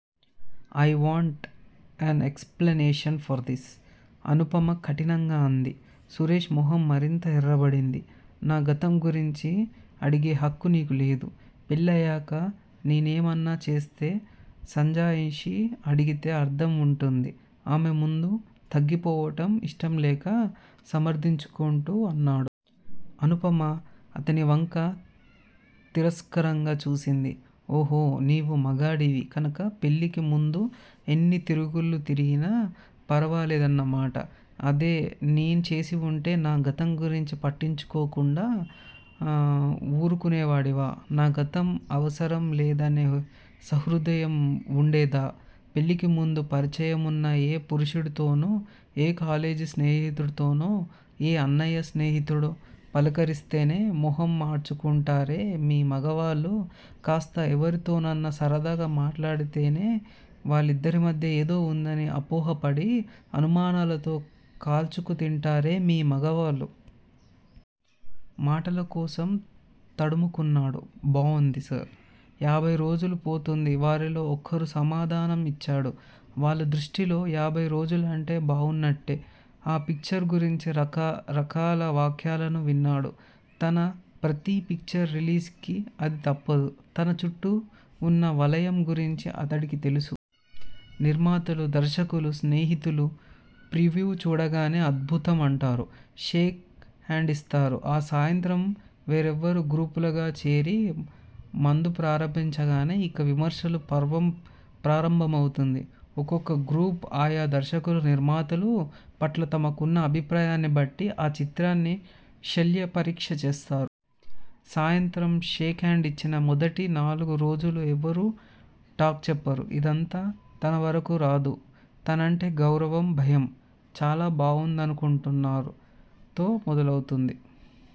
I want an explanation for this Anupama కఠినంగా అంది. సురేష్ మొహం మరింత ఎర్రబడింది. నా గతం గురించి అడిగే హక్కు నీకు లేదు, పెళ్ళయ్యాక నేనేమన్నా చేస్తే సంజాయిషీ అడిగితే అర్ధం వుంటుంది ఆమె ముందు తగ్గిపోవటం యిష్టంలేక సమర్ధించుకుంటు అన్నాడు. అనుపమ అతనివంక తిరస్కారంగా చూసింది. ఓహో నీవు మగాడివి కనక పెళ్ళికి ముందు ఎన్ని తిరుగుళ్ళు తిరిగినా ఫరవాలేదన్నమాట. అదే నే చేసివుంటే, నా గతం గురించి పట్టించుకోకుండా వూరుకునేవాడివా? నా గతం అవసరం లేదనే సహృదయం వుండేదా? పెళ్ళికి ముందు పరిచయమున్న ఏ పురుషుడితోనో, ఏ కాలేజి స్నేహితుడితోనో, ఏ అన్నయ్య స్నేహితుడో పలకరిస్తేనే మొహం మాడ్చుకుంటారే మీ మగవాళ్ళు, కాస్త ఎవరితోనోన్న సరదాగా మాట్లాడితేనే వాళ్ళిద్దరిమధ్య ఏదో వుందని అపోహపడి అనుమానాలతో కాల్చుకుతింటారే మీ మగవాళ్ళు. మాటలకోసం తడుముకున్నాడు. బావుంది సార్. యాభైరోజులు పోతుంది వారిలో ఒకరు సమాధానం ఇచ్చాడు. వాళ్ల దృష్టిలో యాభైరోజులంటే బావున్నట్టే. ఆ పిక్చర్ గురించి రకరకాల వ్యాఖ్యానాలు విన్నాడు. తన ప్రతి పిక్చర్ రిలీజ్ కి అది తప్పదు. తన చుట్టూ వున్న వలయం గురించి అతడికి తెలుసు. నిర్మాతలు, దర్శకులు, స్నేహితులు ప్రివ్యూ చూడగానే అద్భుతం అంటారు. షేక్ హాండ్లిస్తారు. ఆ సాయంత్రం వేర్వేరు గ్రూపులుగా చేరి మందు ప్రారంభించగానే ఇక విమర్శల పర్వం ప్రారంభమవుతుంది. ఒక్కొక్క గ్రూపు- ఆయా దర్శకుల, నిర్మాతలు పట్ల తమకున్న అభిప్రాయాన్ని బట్టి ఆ చిత్రాన్ని శల్య పరీక్ష చేస్తారు. సాయంత్రం షేక్ హాండ్లిచ్చిన మొదటి నాలుగు రోజులూ ఎవరూ టాక్ చెప్పరు. ఇదంతా తనవరకూ రాదు. తనంటే గౌరవం, భయం. చాలా బావుందనుకుంటున్నారు తో మొదలవుతుంది.